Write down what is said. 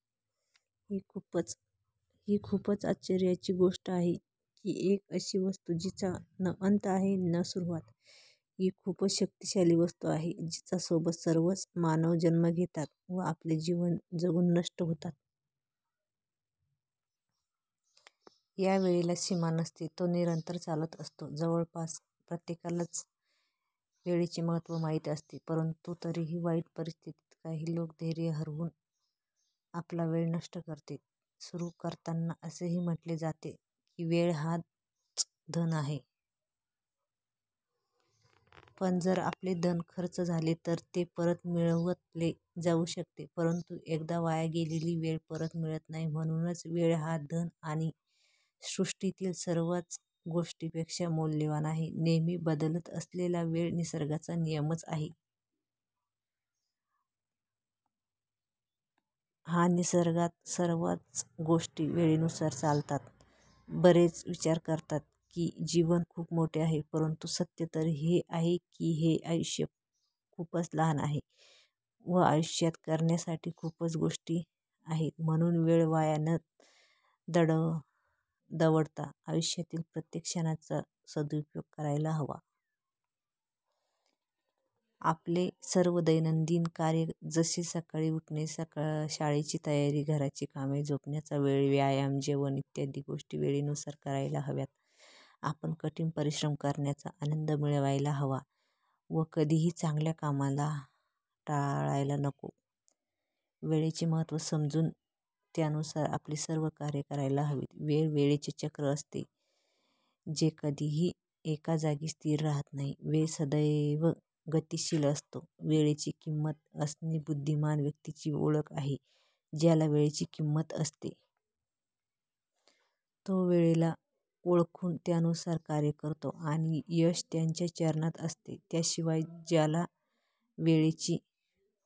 " ही खूपच आश्चर्याची गोष्ट आहे की एक अशी वस्तू जीचा न अंत आहे न सुरुवात, ही खूपच शक्तिशाली वस्तू आहे, जिच्या सोबत सर्वच मानव जन्म घेतात व आपले जीवन जगून नष्ट होतात. यावेळेला सीमा नसते, तो निरंतर चालत असतो. जवळपास प्रत्येकालाच वेळेचे महत्त्व माहीत असते परंतु तरीही वाईट परिस्थितीत काही लोक धैर्य हरवून आपला वेळ नष्ट करणे सुरू करतात. असेही म्हटले जाते की वेळ हाच धन आहे. पण जर आपले धन खर्च झाले तर ते परत मिळवले जाऊ शकते. परंतु एकदा वाया गेलेली वेळ परत मिळत नाही. म्हणूनच वेळ हा धन आणि सृष्टीतील सर्वच गोष्टींपेक्षा मौल्यवान आहे. नेहमी बदलत असलेला वेळ निसर्गाचा नियमच आहे. या निसर्गात सर्वच गोष्टी वेळेनुसार चालतात. बरेच विचार करतात की जीवन खूप मोठे आहे, परंतु सत्य तर हे आहे की हे आयुष्य खूपच लहान आहे व आयुष्यात करण्यासाठी खूपच गोष्टी आहेत. म्हणूनच वेळ वाया न दवडता आयुष्यातील प्रत्येक क्षणाचा सदुपयोग करायला हवा. आपले सर्व दैनंदिन कार्य जसे सकाळी उठणे, शाळेची तयारी, घराची कामे, झोपण्याचा वेळ, व्यायाम, जेवण इत्यादी गोष्टी वेळेनुसार करायला हव्यात. आपण कठीण परिश्रम करण्याचा आनंद मिळवायला हवा व कधीही चांगल्या कामांना टाळायला नको. वेळेचे महत्त्व समजून त्यानुसार आपली सर्व कार्य करायला हवीत. वेळ, वेळेचे चक्र असे असतो जे कधीही एका जागी स्थिर राहत नाही. वेळ सदैव गतिशिल असतो. वेळेची किंमत असणे बुद्धिमान व्यक्तीची ओळख आहे. ज्याला वेळेची किंमत असते. तो वेळेला ओळखून त्यानुसार कार्य करतो आणि यश त्याच्या चरणात असते. याशिवाय ज्याला वेळेची